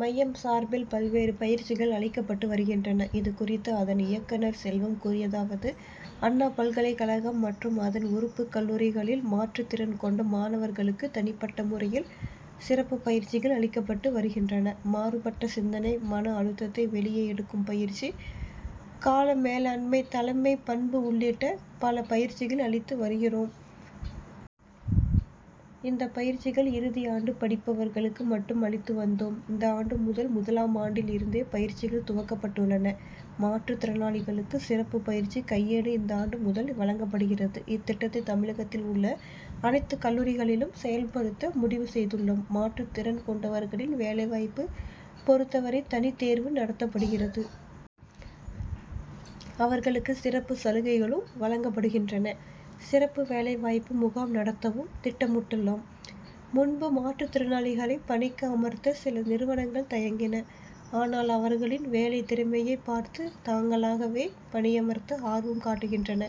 மையம் சார்பில் பல்வேறு பயிற்சிகள் அளிக்கப்பட்டு வருகின்றன. இது குறித்த அதன் இயக்குனர் செல்வம் கூறியதாவது அண்ணா பல்கலைக் கழகம் மற்றும் அதன் உறுப்புக் கல்லூரிகளில் மாற்றுத் திறன் கொண்ட மாணவர்களுக்கு தனிப்பட்ட முறையில் சிறப்பு பயிற்சிகள் அளிக்கப்பட்டு வருகின்றன. மாறுபட்ட சிந்தனை, மன அழுத்தத்தை வெளியே எடுக்கும் பயற்சி, கால மேலாண்மை, தலைமைப் பண்பு உள்ளிட்ட பல பயிற்சிகள் அளித்து வருகிறோம். இந்த பயிற்சிகள் இறுதி ஆண்டு படிப்பவர்களுக்கு மட்டும் அளித்து வந்தோம். இந்த ஆண்டு முதல் முதலாம் ஆண்டில் இருந்தே பயிற்சிகள் துவக்கப்பட்டுள்ளன. மாற்றுத் திறனாளிகளுக்கு சிறப்பு பயற்சி கையேடு இந்தாண்டு முதல் வழங்கப்படுகிறது. இத்திட்டத்தை தமிழகத்தில் உள்ள அனைத்து கல்லூரிகளிலும் செயல்படுத்த முடிவு செய்துள்ளோம். மாற்றுத் திறன் கொண்டவர்களின் வேலை வாய்ப்பு பொறுத்தவரை தனி தேர்வு நடத்தப்படுகிறது. அவர்களுக்கு சிறப்பு சலுகைகளும் வழங்கப்படுகின்றன. சிறப்பு வேலை வாய்ப்பு முகாம் நடத்தவும் திட்டமிட்டுள்ளோம். முன்பு மாற்றுத் திறனாளிகளை பணிக்கு அமர்த்த சில நிறுவனங்கள் தயங்கின. ஆனால், அவர்களின் வேலை திறமையை பார்த்து தாங்களாகவே பணியமர்த்த ஆர்வம் காட்டுகின்றன.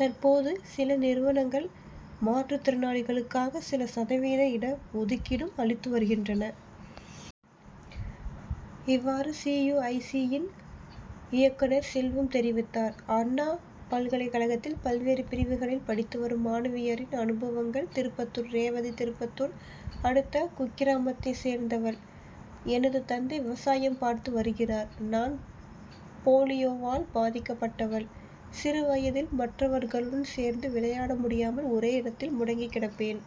தற்போது, சில நிறுவனங்கள் மாற்றுத் திறனாளிகளுக்காக சில சதவீத இட ஒதுக்கீடும் அளித்து வருகின்றன. இவ்வாறு சி. யு. ஐ. சி., யின் இயக்குனர் செல்வம் தெரிவித்தார். அண்ணா பல்கலைக் கழகத்தில் பல்வேறு பிரிவுகளில் படித்து வரும் மாணவியரின் அனுபவங்கள் திருப்பத்தூர் ரேவதி திருப்பத்தூர் அடுத்த குக்கிராமத்தை சேர்ந்தவள். எனது தந்தை விவசாயம் பார்த்து வருகிறார். நான் போலியோவால் பாதிக்கப்பட்டவள். சிறு வயதில் மற்றவர்களுடன் சேர்ந்து விளையாட முடியாமல் ஒரே இடத்தில் முடங்கி கிடப்பேன்.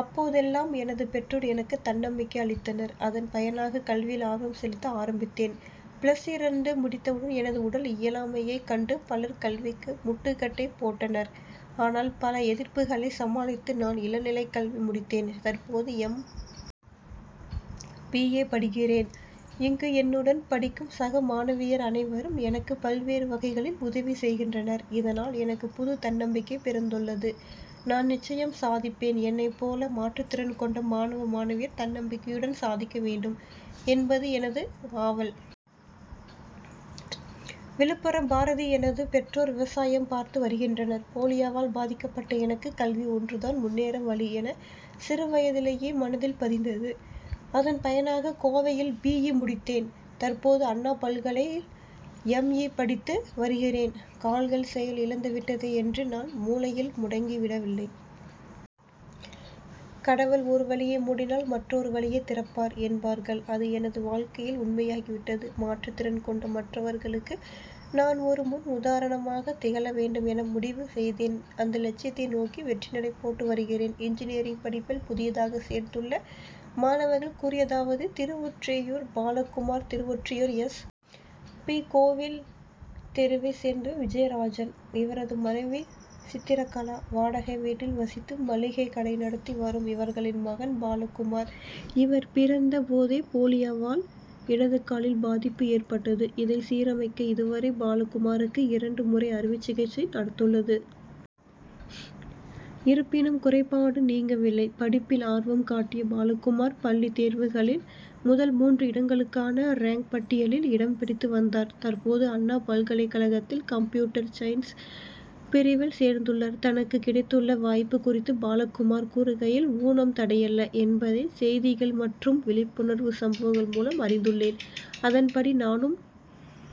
அப்போதெல்லாம் எனது பெற்றோர் எனக்கு தன்னம்பிக்கை அளித்தனர். அதன் பயனாக கல்வியில் ஆர்வம் செலுத்த ஆரம்பித்தேன். பிளஸ் இரண்டு முடித்தவுடன், எனது உடல் இயலாமையைக் கண்டு பலர் கல்விக்கு முட்டுக்கட்டை போட்டனர். ஆனால், பல எதிர்ப்புகளை சமாளித்து நான் இளநிலை கல்வி முடித்தேன். தற்போது, எம். பி. ஏ., படிக்கிறேன். இங்கு, என்னுடன் படிக்கும் சக மாணவியர் அனைவரும் எனக்கு பல்வேறு வகைகளில் உதவி செய்கின்றனர். இதனால், எனக்கு புது தன்னம்பிக்கை பிறந்துள்ளது. நான் நிச்சயம் சாதிப்பேன். என்னைப் போல மாற்றுத் திறன் கொண்ட மாணவ, மாணவியர் தன்னம்பிக்கையுடன் சாதிக்க வேண்டும் என்பது எனது ஆவல். விழுப்புரம் பாரதி எனது பெற்றோர் விவசாயம் பார்த்து வருகின்றனர். போலியோவால் பாதிக்கப்பட்ட எனக்கு கல்வி ஒன்றுதான் முன்னேற வழி என சிறுவயதிலேயே மனதில் பதிந்தது. அதன் பயனாக கோவையில் பி. இ., முடித்தேன். தற்போது, அண்ணா பல்கலையில் எம். இ., படித்து வருகிறேன். கால்கள் செயல் இழந்துவிட்டதே என்று நான் மூலையில் முடங்கிவிடவில்லை. கடவுள் ஒரு வழியை மூடினால் மற்றொரு வழியை திறப்பார் என்பார்கள் அது எனது வாழ்க்கையில் உண்மையாகிவிட்டது. மாற்றுத் திறன் கொண்ட மற்றவர்களுக்கு நான் ஒரு முன் உதாரணமாக திகழ வேண்டும் என முடிவு செய்தேன். அந்த லட்சியத்தை நோக்கி வெற்றி நடை போட்டு வருகிறேன். இன்ஜினியரிங் படிப்பில் புதியதாக சேர்ந்துள்ள மாணவர்கள் கூறியதாவது திருவொற்றியூர் பாலகுமார் திருவொற்றியூர், எஸ். பி.,கோவில் தெருவைச் சேர்ந்தவர் விஜயராஜன். இவரது மனைவி சித்திரகலா. வாடகை வீட்டில் வசித்து, மளிகை கடை நடத்தி வரும் இவர்களின் மகன் பாலகுமார். இவர் பிறந்த போதே போலியோவால் இடது காலில் பாதிப்பு ஏற்பட்டது. இதை சீரமைக்க இதுவரை பாலகுமாருக்கு இரண்டு முறை அறுவை சிகிச்சை நடந்துள்ளது. இருப்பினும் குறைபாடு நீங்கவில்லை. படிப்பில் ஆர்வம் காட்டிய பாலகுமார் பள்ளித் தேர்வுகளில் முதல் மூன்று இடங்களுக்கான ரேங்க் பட்டியலில் இடம் பிடித்து வந்தார். தற்போது, அண்ணா பல்கலை கழகத்தில் கம்ப்யூட்டர் சயின்ஸ் பிரிவில் சேர்ந்துள்ளார். தனக்கு கிடைத்துள்ள வாய்ப்பு குறித்து பாலகுமார் கூறுகையில், ஊனம் தடையல்ல என்பதை செய்திகள் மற்றும் விழிப்புணர்வு சம்பவங்கள் மூலம் அறிந்துள்ளேன். அதன்படி நானும்